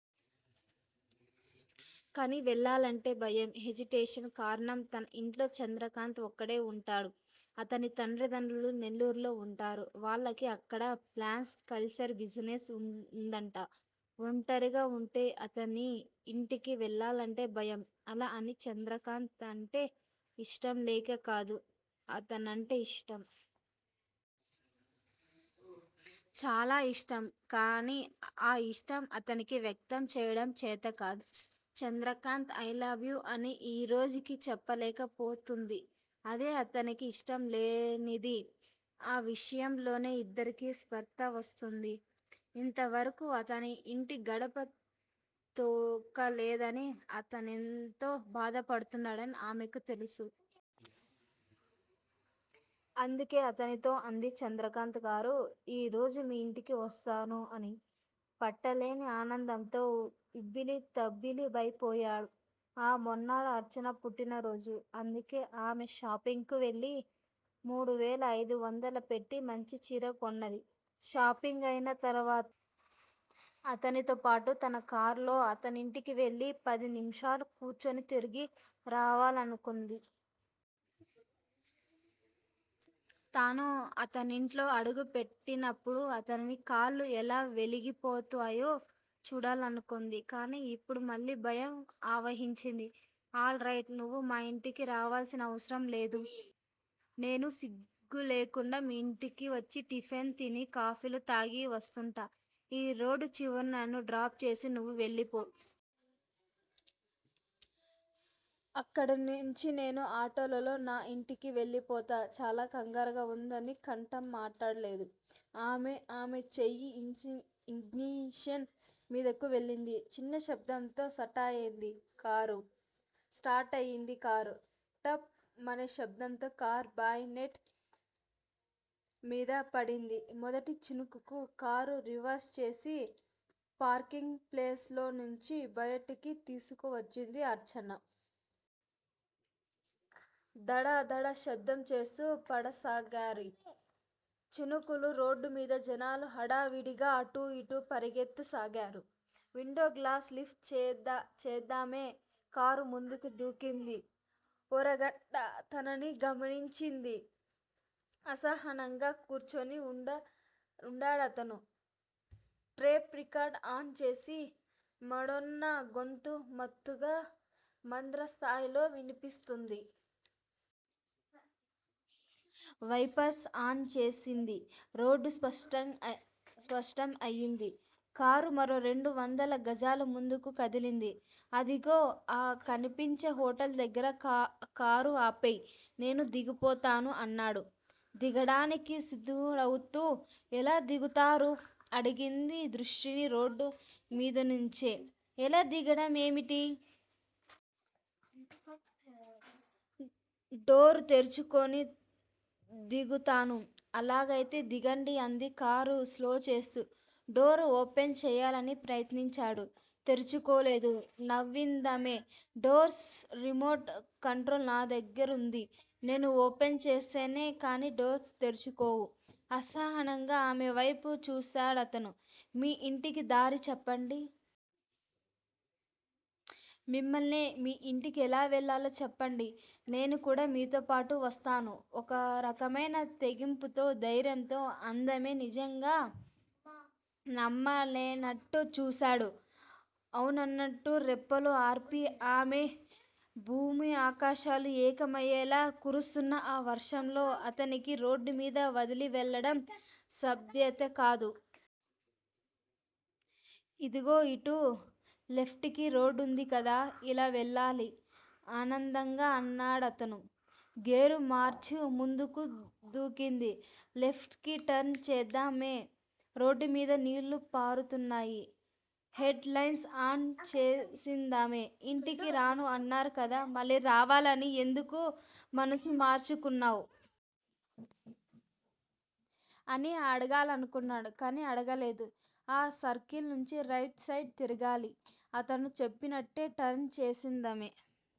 కానీ వెళ్ళాలంటే భయం హేజిటేషన్. కారణం తన ఇంట్లో చంద్రకాంత్ ఒక్కడే వుంటాడు. అతని తల్లిదండ్రులు నెల్లూరులో వుంటారు. వాళ్ళకి అక్కడ ప్రాన్స్ కల్చర్ బిజినెస్ వుందట. ఒంటరిగా ఉండే అతని ఇంటికి వెళ్ళాలంటే భయం. అలా అని చంద్రకాంత్ అంటే ఇష్టంలేక కాదు. అతనంటే ఇష్టం. చాలా ఇష్టం. కానీ ఆ ఇష్టం అతనికి వ్యక్తం చేయటం చేతకాదు. 'చంద్రకాంత్! ఐ లవ్ యూ' అని ఈ రోజుకీ చెప్పలేకపోతోంది. అదే అతనికి ఇష్టంలేనిది. ఆ విషయంలోనే ఇద్దరికీ స్పర్ధ వస్తోంది. ఇంతవరకు అతని ఇంటి గడప తొక్కలేదని అతనెంతో బాధపడుతున్నాడని ఆమెకు తెలుసు. అందుకే అతనితో అంది చంద్రకాంత్ గారూ! ఈ రోజు మీ ఇంటికి వస్తాను అని. పట్టలేని ఆనందంతో ఉబ్బితబ్బిబైపోయాడు. ఆ మర్నాడు అర్చన పుట్టినరోజు. అందుకే ఆమె షా పింగ్ కు వెళ్ళి మూడువేల ఐదు వందలు పెట్టి మంచి చీర కొన్నది. షాపింగ్ అయిన తరువాత అతనితోపాటు తన కారులో అతనింటికి వెళ్ళి పది నిమిషాలు కూర్చుని తిరిగి రావాలనుకుంది. తను అతనింట్లో అడుగు పెట్టినప్పుడు అతని కళ్ళు ఎలా వెలిగిపోతాయో చూడాలనుకుంది. కానీ ఇప్పుడు మళ్ళీ భయం ఆవహించింది. All right! నువ్వు మా ఇంటికి రావలసిన అవసరం లేదు. నేను సిగ్గులేకుండా మీ ఇంటికి వచ్చి టిఫిన్స్ తిని, కాఫీలు తాగి వస్తుంటా! ఈ రోడ్డు చివర నన్ను డ్రాప్ చేసి నువ్వు వెళ్ళిపో. అక్కడి నుంచి నేను ఆటోలో నా ఇంటికి వెళ్ళిపోతా చాలా కరుకుగా వుందతని కంఠం. మాట్లాడలేదు ఆమె. ఆమె చేయి ఇగ్నిషన్ మీదకు వెళ్ళింది. చిన్న శబ్దంతో స్టార్టయింది కారు. 'టప్' మనే శబ్దంతో కారు బాయ్ నెట్ మీద పడింది మొదటి చినుకు. కారు రివర్స్ చేసి పార్కింగ్ ప్లేస్ లోంచి బయటికి తీసుకువచ్చింది అర్చన. దడదడ శబ్దం చేస్తూ పడసాగాయి చినుకులు. రోడ్డుమీద జనాలు హడావిడిగా అటూ ఇటూ పరిగెత్తసాగారు. విండో గ్లాసెస్ లిఫ్ట్ చేదామె. కారు ముందుకు దూకింది. ఓరకంట అతనిని గమనించింది. అసహనంగా కూర్చుని వున్నాడతను. టేప్ రికార్డర్ ఆన్ చేసింది. మడొన్నా గొంతు మత్తుగా మంద్రస్థాయిలో వినిపిస్తోంది. వైపర్స్ ఆన్ చేసింది. రోడ్డు స్పష్టం అయింది. కారు మరో రెండు వందల గజాలు ముందుకు కదిలింది. అధిగో ఆ కనిపించే హోటల్ దగ్గర కారు ఆపెయ్. నేను దిగిపోతాను అన్నాడు దిగటానికి సంసిద్దుడవుతూ. ఎలా దిగుతారు? అడిగింది దృష్టిని రోడ్ మీదు నుచే. ఎలా దిగటం ఏమిటి? డోరు తెరుచుకుని దిగుతాను. అలాగా అయితే దిగండి అంది కారు స్లో చేస్తూ. డోరు ఓపెన్ చేయాలని ప్రయత్నించాడు. తెరుచుకోలేదు. నవ్విందామె డోర్స్ రిమోట్ కంట్రోల్ నా దగ్గరుంది. నేను ఓపెన్ చేస్తేనే కానీ డోర్స్ తెరుచుకోవు. అసహనంగా ఆమె వైపు చూశాడతను. మీ ఇంటికి దారి చెప్పండి. మిమ్మల్నే మీ ఇంటికి ఎలా వెళ్ళాలో చెప్పండి. నేను కూడా మీతో పాటు వస్థాను ఒక రకమైన తెగింపుతో, ధైర్యంతో అందామె. నిజంగా! నమ్మలేనట్లు చూశాడు. అవునన్నట్లుగా రెప్పలు ఆర్పింది ఆమె. భూమి ఆకాశాలు ఏకమయ్యేలా కురుస్తున్న ఆ వర్షంలో అతనికి రోడ్డుమీద వదిలి వెళ్ళడం సభ్యత కాదు. ఇదుగో ఇటు. లెఫ్టుకి రోడ్డుంది కదా. ఇలా వెళ్ళాలి ఆనందంగా అన్నాడతను. గేరు మార్చి ముందుకు దూకింది లెఫ్ట్ కి టర్న్ చేసిందామె. రోడ్డుమీద నీళ్ళు పారుతున్నాయి. హెడ్ లైట్స్ ఆన్ చేదామె. ఇంటికి రాను అన్నారు కదా! మళ్ళీ రావాలని ఎందుకు మనసు మార్చుకున్నావ్? అని అడగాలనుకున్నాడు కానీ అడగలేదు. ఆ సర్కిల్ నుంచి రైట్ సైడ్ తిరగాలి. అతను చెప్పినట్లే టర్న్ చేసిందామె.